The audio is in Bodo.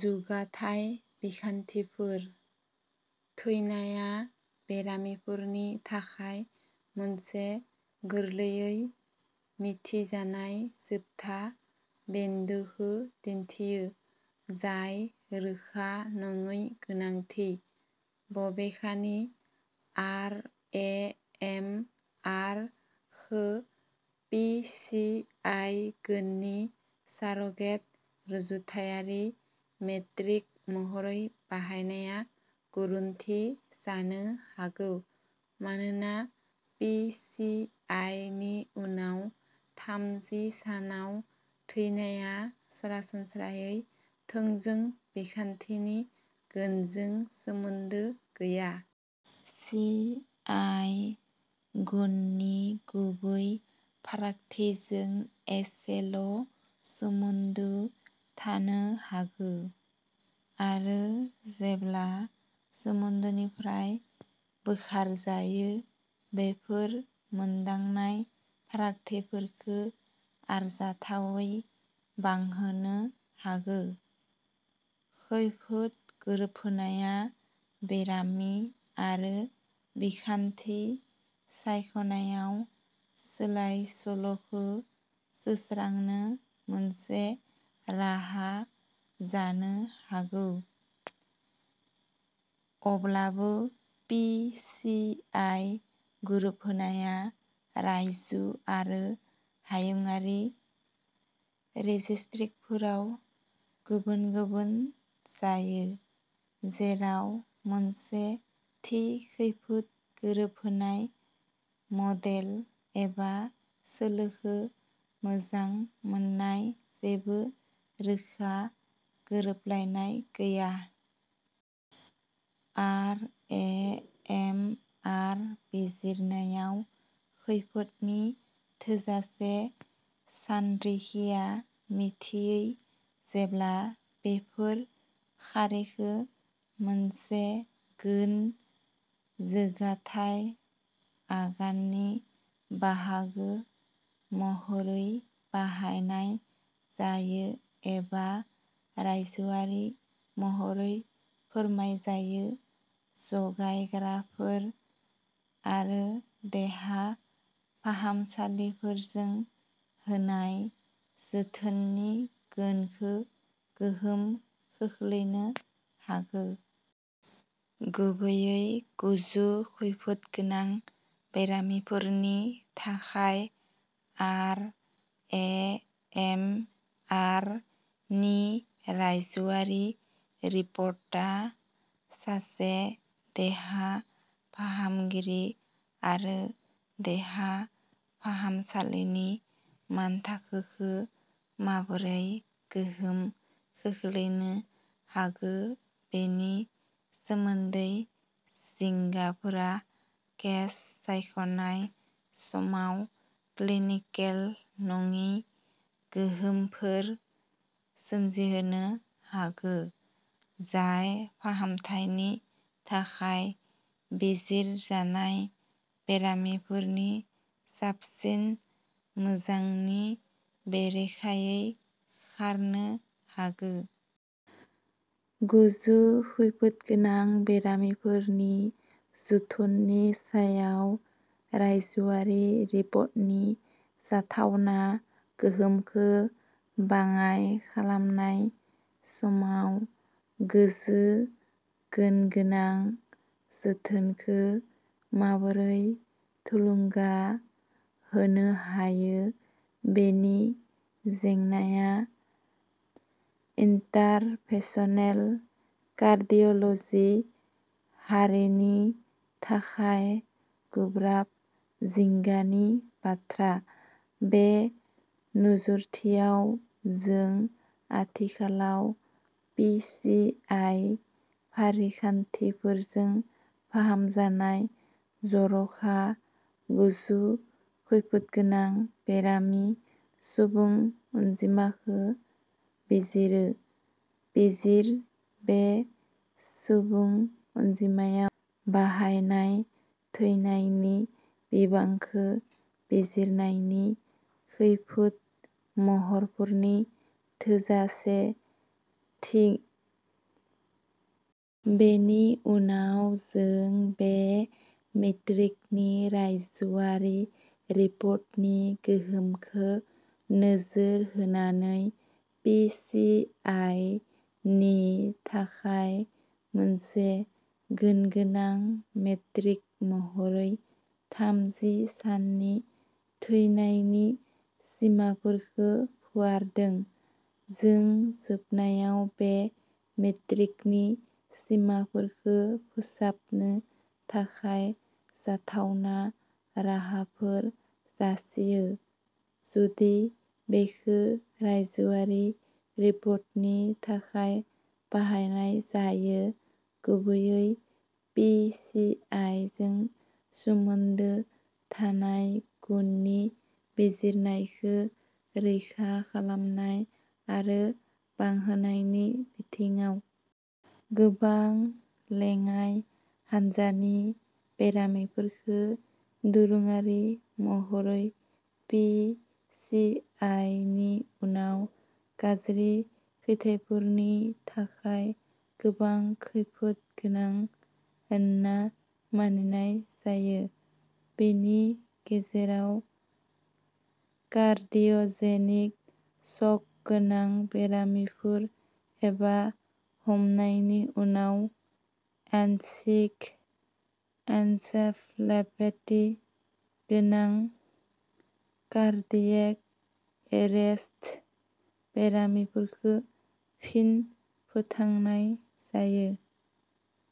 जौगाथाय बिखान्थिफोर। थैनायआ बेरामिफोरनि थाखाय मोनसे गोरलैयै मिन्थिजानाय जोबथा बिन्दोखौ दिन्थियो, जाय रोखा नङै गोनांथि। बबेखानि, आर ए एम आर खौ पि सि आइ गुननि सार'गेट रुजुथायारि मेट्रिक महरै बाहायनाया गोरोन्थि जानो हागौ, मानोना पि सि आइ नि उनाव थामजि सानाव थैनायआ सरासनस्रायै थोंजों बिखान्थिनि गुनजों सोमोन्दो गैया। सि आइ गुननि गुबै फारागथिजों एसेल' सोमोन्दो थानो हागौ, आरो जेब्ला सोमोन्दोनिफ्राय बोखारजायो, बेफोर मोनदांनाय फारागथिफोरखौ आरजाथावै बांहोनो हागौ। खैफोद गोरोबहोनायआ बेरामि आरो बिखान्थि सायख'नायाव सोलाय सोल'खौ सुस्रांनो मोनसे राहा जानो हागौ। अब्लाबो पि सि आइ गोरोबहोनायआ रायजो आरो हायुंआरि रेजिस्ट्रिफोराव गुबुन गुबुन जायो, जेराव मोनसे थि खैफोद गोरोबहोनाय मडेल एबा सोलोखौ मोजां मोननाय जेबो रोखा गोरोबलायनाय गैया। आर ए एम आर बिजिरनायाव खैफोदनि थोजासे सानरिखिया मिथियै जेब्ला बेफोर खारिखौ मोनसे गुन जौगाथाय आगाननि बाहागो महरै बाहायनाय जायो एबा रायजोआरि महरै फोरमायजायो जगायग्राफोर आरो देहा फाहामसालिफोरजों होनाय जोथोननि गुनखौ गोहोम खोख्लैनो हागौ। गुबैयै गोजौ खैफोदगोनां बेरामिफोरनि थाखाय, आर ए एम आर नि रायजोआरि रिपर्टिंआ सासे देहा फाहामगिरि आरो देहा फाहामसालिनि मानथाखोखौ माबोरै गोहोम खोख्लैनो हागौ बेनि सोमोन्दै जिंगाफोरा केस सायख'नाय समाव क्लिनिकेल नङि गोहोमफोर सोमजिहोनो हागौ जाय फाहामथायनि थाखाय बिजिरजानाय बेरामिफोरनि साबसिन मोजांनि बेरेखायै खारनो हागौ। गोजौ खैफोदगोनां बेरामिफोरनि जोथोननि सायाव रायजोआरि रिपर्टिंनि जाथावना गोहोमखौ बाङाइ खालामनाय समाव गोजौ गुनगोनां जोथोनखौ माबोरै थुलुंगा होनो हायो बेनि जेंनाआ इन्टारभेनसनेल कार्डिय'ल'जि हारिनि थाखाय गोब्राब जिंगानि बाथ्रा। बे नोजोरथियाव, जों आथिखालाव पि सि आइ फारिखान्थिफोरजों फाहामजानाय जर'खा गोजौ खैफोदगोनां बेरामि सुबुं अनजिमाखौ बिजिरो, बिजिर बे सुबुं अनजिमायाव बाहायनाय थैनायनि बिबांखौ बिजिरनायनि खैफोद महरफोरनि थोजासेथि। बेनि उनाव जों बे मेट्रिकनि रायजोआरि रिपर्टिंनि गोहोमखौ नोजोर होनानै, पि सि आइ नि थाखाय मोनसे गुनगोनां मेट्रिक महरै थामजि साननि थैनायनि सिमाफोरखौ फुवारदों। जों जोबनायाव बे मेट्रिकनि सिमाफोरखौ फोसाबनो थाखाय जाथावना राहाफोर जासियो, जुदि बेखौ रायजोआरि रिपर्टिंनि थाखाय बाहायनाय जायो, गुबैयै पि सि आइ जों सोमोन्दो थानाय गुननि बिजिरनायखौ रैखा खालामनाय आरो बांहोनायनि बिथिङाव। गोबां लेङाइ हान्जानि बेरामिफोरखौ दोरोङारि महरै पि सि आइ नि उनाव गाज्रि फिथायफोरनि थाखाय गोबां खैफोद गोनां होनना मानिनाय जायो। बेफोरनि गेजेराव कार्डिय'जेनिक शक गोनां बेरामिफोर एबा हमनायनि उनाव एन'क्सिक एन्सेफ'लेपेथि गोनां कार्डियेक एरेस्ट बेरामिफोरखौ फिन फोथांनाय जायो।